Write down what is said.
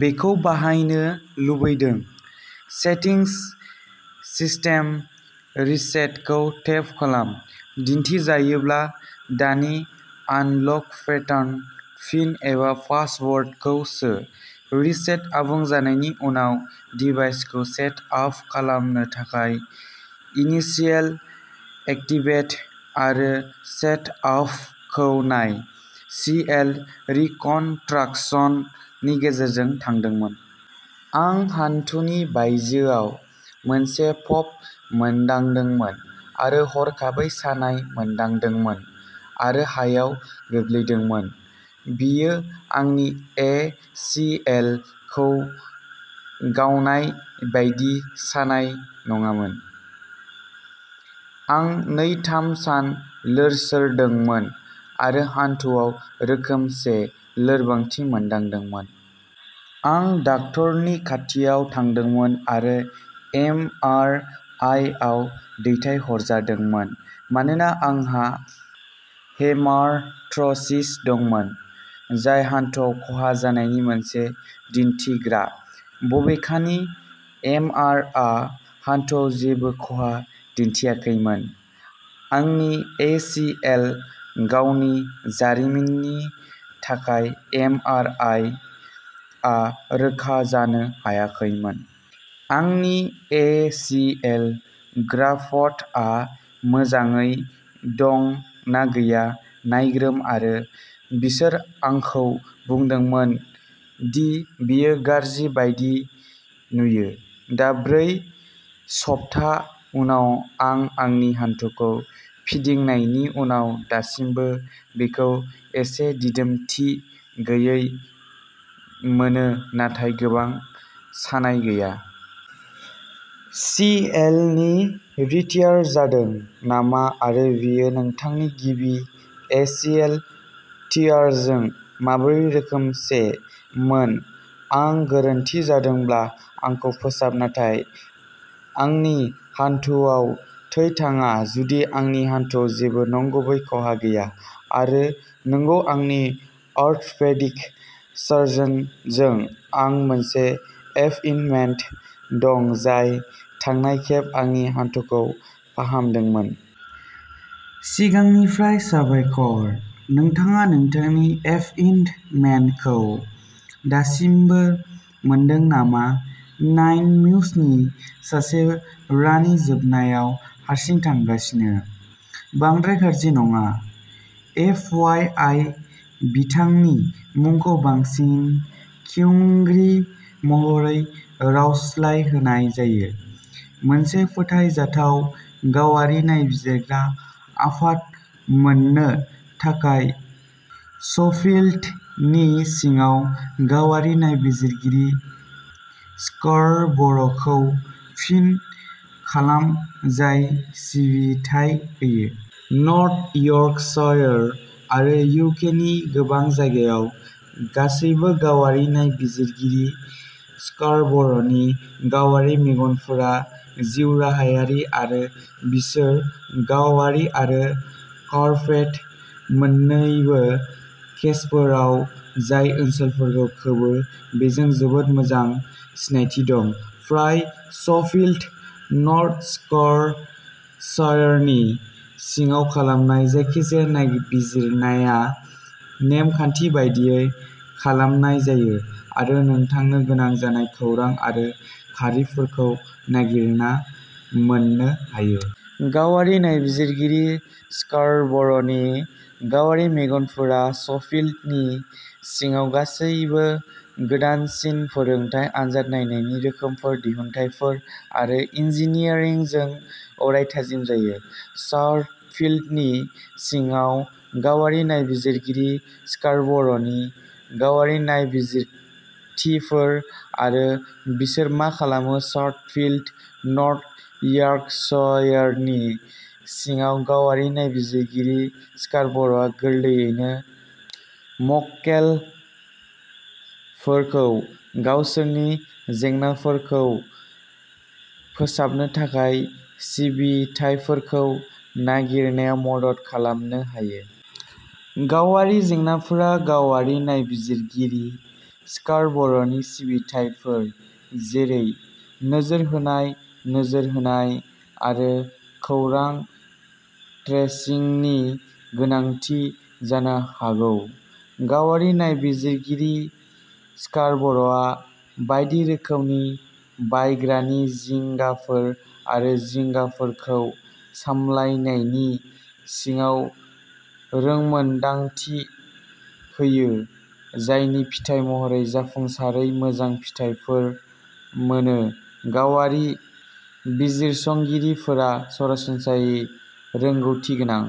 बेखौ बाहायनो लुबैदों। सेटिंस सिस्टेम रिसेटखौ टेप खालाम। दिन्थिजायोब्ला दानि आनलक पेटार्न पिन एबा पासवार्डखौ सो। रिसेट आबुं जानायनि उनाव डिभाइसखौ सेट आप खालामनो थाखाय इनिशियेल एक्टिभेट आरो सेटआपखौ नाय। सि एल रिकनस्ट्राकसन नि गेजेरजों थांदोंमोन। आं हान्थुनि बायजोयाव मोनसे पप मोनदांदोंमोन आरो हरखाबै सानाय मोनदांदोंमोन आरो हायाव गोग्लैदोंमोन बेयो आंनि ए सि एल खौ गावनाय बायदि सानाय नङामोन। आं नै थाम सान लोरसोरदोंमोन आरो हान्थुआव रोखोमसे लोरबांथि मोनदांदोंमोन। आं डाक्टारनि खाथियाव थांदोंमोन आरो एम आर आ आव दैथायहरजादोंमोन मानोना आंहा हेमारथ्र'सिस दंमोन जाय हान्थुआव खहा जानायनि मोनसे दिन्थिग्रा बबेखानि एम आर आइ आ हान्थुआव जेबो खहा दिन्थियाखैमोन। आंनि ए सि एल गावनायनि जारिमिननि थाखाय एम आर आइ आ रोखा जानो हायाखैमोन। आंनि ए सि एल ग्राफ्टआ मोजाङै दं ना गैया नायग्रोम आरो बिसोर आंखौ बुंदोंमोन दि'बेयो गाज्रि बायदि नुयो। दा ब्रै सप्ता उनाव आं आंनि हान्थुखौ फिदिंनायनि उनाव दासिमबो बेखौ एसे दिदोमथि गैयै मोनो नाथाय गोबां सानाय गैया। सि एल नि रिटियार जादों नामा आरो बेयो नोंथांनि गिबि ए सि एल टियारजों माबोरै रोखोमसे मोन आं गोरोन्थि जादोंब्ला आंखौ फोसाब नाथाय आंनि हान्थुआव थै थाङा जुदि आंनि हान्थुआव जेबो नंगुबै खहा गैया आरो नंगौ आंनि अर्थ'पेडिक सार्जनजों आं मोनसे एपइन्टमेन्ट दं जाय थांनाय खेब आंनि हान्थुखौ फाहामदोंमोन। सिगांनिफ्राय साबायखर! नोंथाङा नोंथांनि एपइन्टमेन्टखौ दासिमबो मोनदों नामा नाइन म्युसनि सासे रानि जोबनायाव हारसिं थांगासिनो। बांद्राय गाज्रि नङा। एफ वाइ आइ बिथांनि मुंखौ बांसिन किउंग्रि महरै रावस्लायहोनाय जायो। मोनसे फोथायजाथाव गावारि नायबिजिरग्रा आफाद मोन्नो थाखाय सफील्डनि सिङाव गावारि नायबिजिरगिरि स्कारबर'खौ फन खालाम जाय सिबिथाय होयो। नर्थ यर्कशायर आरो इउ के नि गोबां जायगायाव। गासैबो गावारि नायबिजिरगिरि स्कारबर'नि गावारि मेगनफोरा जिउराहायारि आरो बिसोर गावारि आरो कर्परेट मोन्नैबो केसफोराव जाय ओनसोलफोरखौ खोबो बेजों जोबोद मोजां सिनायथि दं। फ्राय सफील्ड नर्थ सिकरशायरनि सिङाव खालामनाय जायखिजाया नायबिजिरनाया नेम खान्थि बायदियै खालामनाय जायो आरो नोंथांनो गोनां जानाय खौरां आरो खारिफोरखौ नागिरना मोननो हायो। गावारि नायबिजिरगिरि स्कारबरनि गावारि मेगनफोरा सफील्डनि सिङाव गासैबो गोदानसिन फोरोंथाय आनजाद नायनायनि रोखोमफोर दिहुनथायफोर आरो इन्जिनियारिंजों अराय थाजिम जायो। सादफील्डनि सिङाव गावारि नायबिजिरगिरि स्कारबर'नि गावारि नायबिजिरथिफोर आरो बिसोर मा खालामो सादफील्ड नर्थ यर्कशायरनि सिङाव गावारि नायबिजिरगिरि स्कारबर'आ गोरलैयैनो मक्केलफोरखौ गावसोरनि जेंनाफोरखौ फोसाबनो थाखाय सिबिथाइफोरखौ नागिरनायाव मदद खालामनो हायो। गावारि जेंनाफोरा गावारि नायबिजिरगिरि स्कारबर'नि सिबिथाइफोर जेरै नोजोर होनाय नोजोर होनाय आरो खौरां ट्रेसिंनि गोनांथि जानो हागौ। गावारि नायबिजिरगिरि स्कारबर'आ बायदि रोखोमनि बायग्रानि जिंगाफोर आरो जिंगाफोरखौ सामलायनायनि सिङाव रोंमोनदांथि होयो जायनि फिथाय महरै जाफुंसारै मोजां फिथायफोर मोनो। गावारि बिजिरसंगिरिफोरा सरासनस्रायै रोंग'थिगोनां